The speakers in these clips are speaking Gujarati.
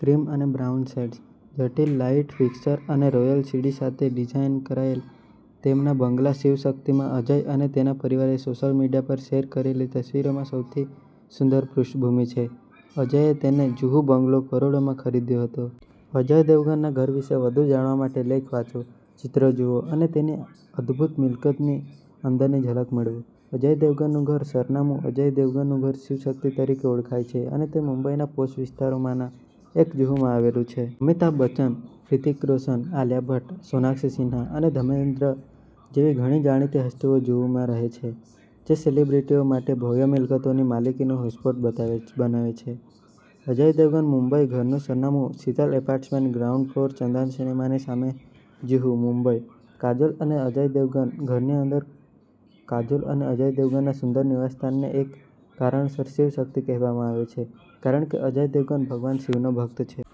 ક્રીમ અને બ્રાઉન શેડ્સ, જટિલ લાઇટ ફિક્સર અને રોયલ સીડી સાથે ડિઝાઇન કરાયેલ, તેમના બંગલા 'શિવશક્તિ'માં અજય અને તેના પરિવારે સોશિયલ મીડિયા પર શેર કરેલી તસવીરોમાં સૌથી સુંદર પૃષ્ઠભૂમિ છે. અજયે તેનો જુહુ બંગલો કરોડમાં ખરીદ્યો હતો. અજય દેવગનના ઘર વિશે વધુ જાણવા માટેલેખ વાંચો, ચિત્રો જુઓ અને તેની અદભૂત મિલકતની અંદરની ઝલક મેળવો. અજય દેવગન ઘરનું સરનામું અજય દેવગનનું ઘર 'શિવશક્તિ' તરીકે ઓળખાય છે અને તે મુંબઈના પોશ વિસ્તારોમાંના એક જુહુમાં આવેલું છે. અમિતાભ બચ્ચન, હૃતિક રોશનઆલિયા ભટ્ટ, સોનાક્ષી સિન્હા અને ધર્મેન્દ્ર જેવી ઘણી જાણીતી હસ્તીઓ જુહુમાં રહે છે, જે સેલિબ્રિટીઓ માટે ભવ્ય મિલકતોની માલિકીનું હોટસ્પોટ બનાવે છે. અજય દેવગન મુંબઈ ઘરનું સરનામું/, Sheetal apartments, ground floor, Chandan સિનેમાની સામે, જુહુ, મુંબઈ કાજોલ અને અજય દેવગન ઘરની અંદર કાજોલ અને અજય દેવગનના સુંદર નિવાસસ્થાનને એક કારણસર 'શિવશક્તિ' કહેવામાં આવે છે, કારણ કે અજય દેવગન ભગવાન શિવનો ભક્ત છે.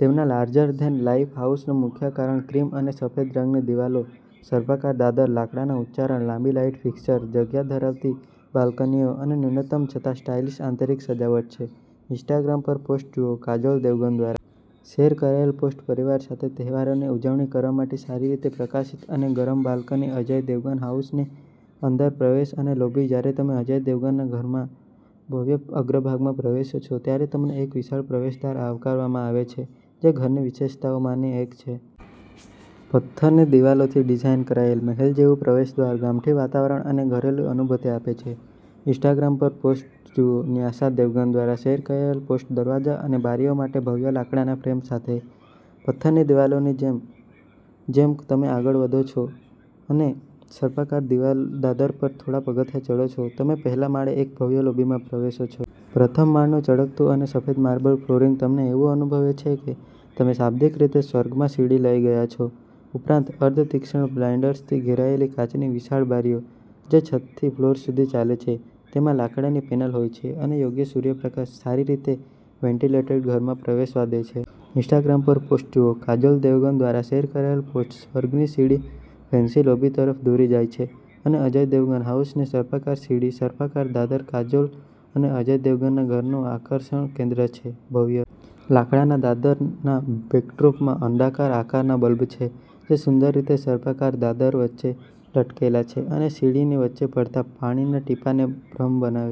તેમના લાર્જર-ધેન-લાઇફ હાઉસનું મુખ્ય આકર્ષણ ક્રીમ અને સફેદ રંગની દિવાલો, સર્પાકાર દાદર, લાકડાના ઉચ્ચારણ, લાંબી લાઈટ ફિક્સર, જગ્યા ધરાવતી બાલ્કનીઓ અને ન્યૂનતમ છતાં સ્ટાઇલિશ આંતરિક સજાવટ છે. ઇન્સ્ટાગ્રામ પરપોસ્ટ જુઓ કાજોલ દેવગન દ્વારા શેર કરાયેલ પોસ્ટ પરિવાર સાથે તહેવારોની ઉજવણી કરવા માટે સારી રીતે પ્રકાશિત અને ગરમ બાલ્કની અજય દેવગન હાઉસની અંદર પ્રવેશ અને લોબી જ્યારે તમે અજય દેવગનના ઘરના ભવ્ય અગ્રભાગમાં પ્રવેશો છો, ત્યારે તમને એક વિશાળ પ્રવેશદ્વાર દ્વારા આવકારવામાં આવે છે જે ઘરની વિશેષતાઓમાંની એક છે. પથ્થરની દિવાલોથી ડિઝાઇન કરાયેલ, મહેલ જેવું પ્રવેશદ્વાર ગામઠી વાતાવરણ અને ઘરેલું અનુભૂતિ આપે છે. ઇન્સ્ટાગ્રામ પરપોસ્ટ જુઓ ન્યાસા દેવગન દ્વારા શેર કરાયેલ પોસ્ટ દરવાજા અને બારીઓ માટે ભવ્ય લાકડાના ફ્રેમ સાથે પથ્થરની દિવાલો જેમ જેમ તમે આગળ વધો છો અને સર્પાકાર દાદર પર થોડા પગથિયાં ચઢો છો, તમે પહેલા માળે એક ભવ્ય લોબીમાં પ્રવેશો છો. પ્રથમ માળનું ચળકતું અને સફેદ માર્બલ ફ્લોરિંગ તમને એવું અનુભવે છે કે તમે શાબ્દિક રીતે સ્વર્ગમાં સીડી લઈ ગયા છો. ઉપરાંત, અર્ધ-તીક્ષ્ણ બ્લાઇંડર્સથી ઘેરાયેલી, કાચની વિશાળ બારીઓ જે છતથી ફ્લોર સુધી ચાલે છે તેમાં લાકડાની પેનલ હોય છે અને યોગ્ય સૂર્યપ્રકાશ સારી રીતે વેન્ટિલેટેડ ઘરમાં પ્રવેશવા દે છે. ઇન્સ્ટાગ્રામ પરપોસ્ટ જુઓ કાજોલ દેવગન દ્વારા શેર કરાયેલ પોસ્ટ સ્વર્ગની સીડી ફેન્સી લોબી તરફ દોરી જાય છે અજય દેવગન હાઉસની સર્પાકાર સીડી સર્પાકાર દાદર કાજોલ અને અજય દેવગનના ઘરના આકર્ષણનું કેન્દ્ર છે. ભવ્ય લાકડાના દાદરના બેકડ્રોપમાં અંડાકાર આકારના બલ્બ છે જે સુંદર રીતે સર્પાકાર દાદરની વચ્ચે લટકેલા છે અને સીડીની વચ્ચે પડતા પાણીના ટીપાંનો ભ્રમ બનાવે